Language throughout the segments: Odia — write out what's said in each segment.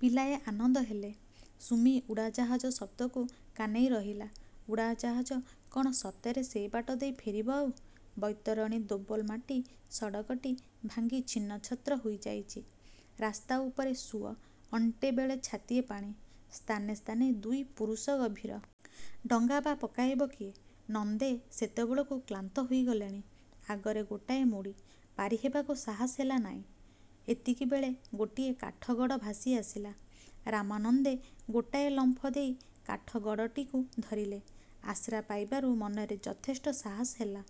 ପିଲାଏ ଆନନ୍ଦ ହେଲେ। ସୁମି ଉଡ଼ାଜାହାଜ ଶବ୍ଦକୁ କାନେଇ ରହିଲା। ଉଡ଼ାଜାହାଜ କଣ ସତରେ ସେ ବାଟ ଦେଇ ଫେରିବ ଆଉ। ବୈତରଣୀ-ଦୋବଲ ମାଟି ସଡ଼କଟି ଭାଙ୍ଗି ଛିନ୍ନ ଛତ୍ର ହୋଇଯାଇଚି। ରାସ୍ତା ଉପରେ ସୁଅ, ଅଣ୍ଟେ ବେଳେ-ଛାତିଏ ପାଣି। ସ୍ଥାନେ ସ୍ଥାନେ ଦୁଇ ପୁରୁଷ ଗଭୀର। ଡଙ୍ଗା ବା ପକେଇବ କିଏ। ନନ୍ଦେ ସେତେବେଳକୁ କ୍ଳାନ୍ତ ହୋଇଗଲେଣି। ଆଗରେ ଗୋଟାଏ ମୋଡ଼ି' ପାରି ହେବାକୁ ସାହସ ହେଲା ନାଇଁ। ଏତିକିବେଳେ ଗୋଟିଏ କାଠଗଡ଼ ଭାସି ଆସିଲା। ରାମାନନ୍ଦେ ଗୋଟାଏ ଲମ୍ଫ ଦେଇ କାଠଗଡ଼ଟିକୁ ଧରିଲେ। ଆଶ୍ରା ପାଇବାରୁ ମନରେ ଯଥେଷ୍ଟ ସାହସ ହେଲା।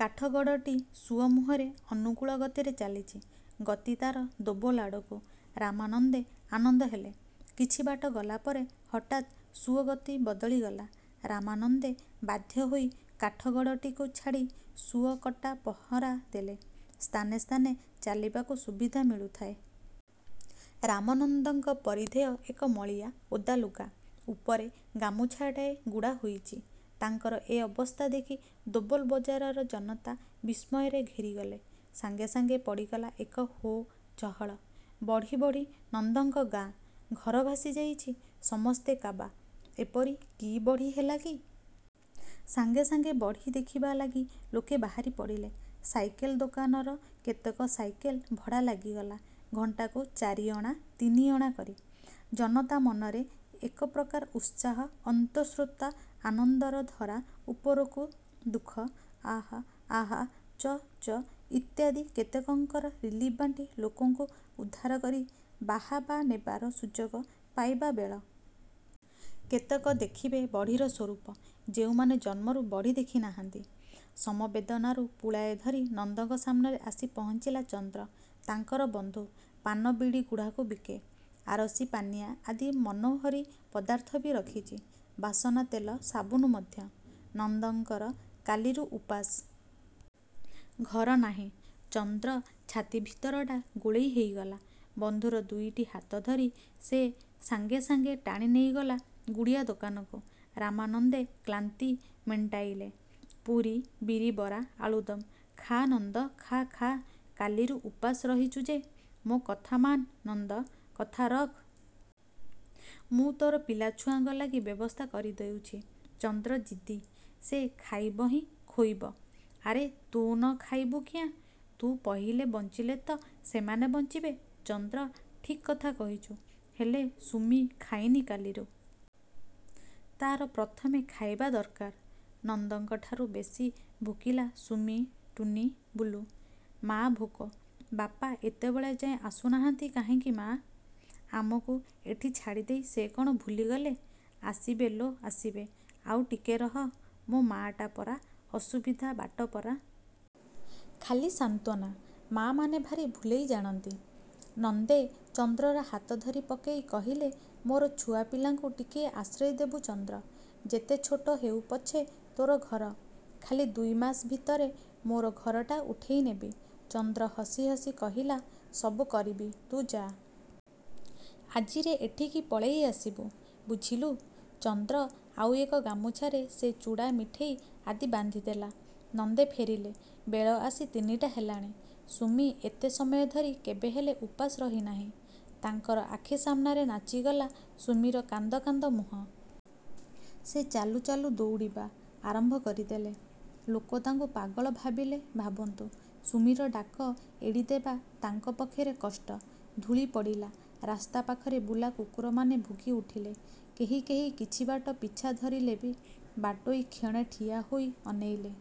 କାଠ ଗଡ଼ଟି ସୁଅ ମୁହଁରେ ଅନୁକୂଳ ଗତିରେ ଚାଲିଛି। ଗତି ତାର ଦୋବଲ ଆଡ଼କୁ। ରାମାନନ୍ଦେ ଆନନ୍ଦ ହେଲେ। କିଛି ବାଟ ଗଲା ପରେ ହଠାତ୍ ସୁଅ ଗତି ବଦଳି ଗଲା-ରାମାନନ୍ଦେ ବାଧ୍ୟ ହୋଇ କାଠ ଗଡ଼ଟିକୁ ଛାଡ଼ି ସୁଅ କଟା ପହଁରା ଦେଲେ। ସ୍ଥାନେ ସ୍ଥାନେ ଚାଲିବାକୁ ସୁବିଧା ମିଳୁଥାଏ। ରାମନନ୍ଦଙ୍କ ପରିଧେୟ ଏକ ମଳିଆ, ଓଦା ଲୁଗା। ଉପରେ ଗାମୁଛାଟାଏ ଗୁଡ଼ା ହୋଇଚି। ତାଙ୍କର ଏ ଅବସ୍ଥା ଦେଖି ଦୋବଲ ବଜାରର ଜନତା ବିସ୍ମୟରେ ଘେରିଗଲେ। ସାଙ୍ଗେ ସାଙ୍ଗେ ପଡ଼ିଗଲା ଏକ 'ହୋ' ଚହଳ। ବଢ଼ି-ବଢ଼ି-ନନ୍ଦଙ୍କ ଗାଁ, ଘର ଭାସି ଯାଇଚି। ସମସ୍ତେ କାବା-। ଏପରି କି ବଢ଼ି ହେଲା କି? ସାଙ୍ଗେ ସାଙ୍ଗେ ବଢ଼ି ଦେଖିଯିବା ଲାଗି ଲୋକେ ବାହାରି ପଡ଼ିଲେ। ସାଇକେଲ ଦୋକାନର କେତେକ ସାଇକେଲ ଭଡ଼ା ଲାଗିଗଲା। ଘଣ୍ଟାକୁ ଚାରିଅଣା-ତିନିଅଣା କରି। ଜନତା ମନରେ ଏକପ୍ରକାର ଉତ୍ସାହ ଅର୍ନ୍ତସ୍ରୋତା ଆନନ୍ଦର ଧାରା ଉପରକୁ ଦୁଃଖ-ଆହା, ଆହା, ଚ ଚ ଇତ୍ୟାଦି। କେତେକଙ୍କର ରିଲିଫ୍ ବାଣ୍ଟି ଲୋକଙ୍କୁ ଉଦ୍ଧାର କରି ବାହାବା ନେବାର ସୁଯୋଗ ପାଇବା ବେଳ। କେତେକ ଦେଖିବେ ବଢ଼ିର ସ୍ୱରୂପ- ଯେଉଁମାନେ ଜନ୍ମରୁ ବଢ଼ି ଦେଖି ନାହାନ୍ତି। ସମବେଦନାରୁ ପୁଳାଏ ଧରି ନନ୍ଦଙ୍କ ସାମ୍ନାରେ ଆସି ପହଞ୍ଚିଲା ଚନ୍ଦ୍ର। ତାଙ୍କର ବନ୍ଧୁ। ପାନ-ବିଡ଼ି ଗୁଡ଼ାଖୁ ବିକେ। ଆରସୀ-ପାନିଆ ଆଦି ମନୋହରୀ ପଦାର୍ଥ ବି ରଖିଚି। ବାସନା ତେଲ, ସାବୁନ ମଧ୍ୟ। ନନ୍ଦଙ୍କର କାଲିରୁ ଉପାସ। ଘର ନାହିଁ। ଚନ୍ଦ୍ର ଛାତି ଭିତରଟା ଗୋଳେଇ ହୋଇଗଲା। ବନ୍ଧୁର ଦୁଇଟି ହାତ ଧରି ସେ ସାଙ୍ଗେ ସାଙ୍ଗେ ଟାଣି ନେଇଗଲା ଗୁଡ଼ିଆ ଦୋକାନକୁ, ରାମାନନ୍ଦେ କ୍ଳାନ୍ତି ମେଣ୍ଟାଇଲେ। ପୁରୀ-ବିରିବରା-ଆଳୁଦମ୍। ''-ଖା ନନ୍ଦ, ଖା-ଖା, କାଲିରୁ ଉପାସ ରହିଚୁ ଯେ-। ମୋ କଥାମାନ ନନ୍ଦ, କଥା ରଖ। ମୁଁ ତୋର ପିଲା ଛୁଆଙ୍କ ଲାଗି ବ୍ୟବସ୍ଥା କରି ଦେଉଚି। '' ଚନ୍ଦ୍ର ଜିଦ୍ଦି,-ସେ ଖାଇବହିଁ ଖୋଇବ। ଆରେ ତୁ ନ ଖାଇବୁ କିଆଁ? '' ତୁ ପହିଲେ ବଞ୍ଚିଲେ ତ ସେମାନେ ବଞ୍ଚିବେ। ଚନ୍ଦ୍ର ଠିକ୍ କଥା କହୁଚି। ହେଲେ, ସୁମି ଖାଇନି କାଲିରୁ। ତାର ପ୍ରଥମେ ଖାଇବା ଦର୍କାର-। ନନ୍ଦଙ୍କଠାରୁ ବେଶି ଭୋକିଲା ସୁମି-ଟୁନୀ-ବୁଲୁ। ମା' ଭୋକ। ବାପା ଏତେବେଳଯାଏଁ ଆସୁନାହାନ୍ତି କାହିଁକି ମା? ଆମକୁ ଏଠି ଛାଡ଼ିଦେଇ ସେ କଣ ଭୁଲିଗଲେ। ଆସିବେ ଲୋ ଆସିବେ। ଆଉ ଟିକେ ରହ। ମୋ ମା'ଟା ପରା। ଅସୁବିଧା ବାଟ ପରା। ଖାଲି ସାନ୍ତ୍ୱନା। ମା' ମାନେ ଭାରି ଭୁଲେଇ ଜାଣନ୍ତି। ନନ୍ଦେ ଚନ୍ଦ୍ରର ହାତ ଧରି ପକେଇ କହିଲେ-ମୋର ଛୁଆ ପିଲାଙ୍କୁ ଟିକିଏ ଆଶ୍ରୟ ଦେବୁ ଚନ୍ଦ୍ର। ଯେତେ ଛୋଟ ହେଉ ପଛେ ତୋର ଘର। ଖାଲି ଦୁଇମାସ ଭିତରେ ମୋର ଘରଟା ଉଠେଇ ନେବି। ଚନ୍ଦ୍ର ହସି ହସି କହିଲା-ସବୁ କରିବି ତୁ ଯା। ଆଜିରେ ଏଠିକି ପଳେଇ ଆସିବୁ। ବୁଝିଲୁ। ଚନ୍ଦ୍ର ଆଉ ଏକ ଗାମୁଛାରେ ସେ ଚୁଡ଼ା-ମିଠେଇ ଆଦି ବାନ୍ଧିଦେଲା। ନନ୍ଦେ ଫେରିଲେ। ବେଳ ଆସି ତିନିଟା ହେଲାଣି। ସୁମି ଏତେ ସମୟ ଧରି କେବେ ହେଲେ ଉପାସ ରହିନାଇଁ। ତାଙ୍କର ଆଖି ସାମ୍ନାରେ ନାଚିଗଲା ସୁମିର କାନ୍ଦ କାନ୍ଦ ମୁହଁ। ସେ ଚାଲୁ ଚାଲୁ ଦଉଡ଼ିବା। ଆରମ୍ଭ କରିଦେଲେ। ଲୋକେ ତାଙ୍କୁ ପାଗଳ ଭାବିଲେ ଭାବନ୍ତୁ। ସୁମିର ଡାକ ଏଡ଼ିଦେବା ତାଙ୍କ ପକ୍ଷରେ କଷ୍ଟ। ଧୂଳି ପଡ଼ିଲା। ରାସ୍ତା ପାଖରେ ବୁଲା କୁକୁରମାନେ ଭୁକି ଉଠିଲେ -କେହି କେହି କିଛିବାଟ ପିଛା ଧରିଲେ ବି। ବାଟୋଇ କ୍ଷଣେ ଠିଆ ହୋଇ ଅନେଇଲେ।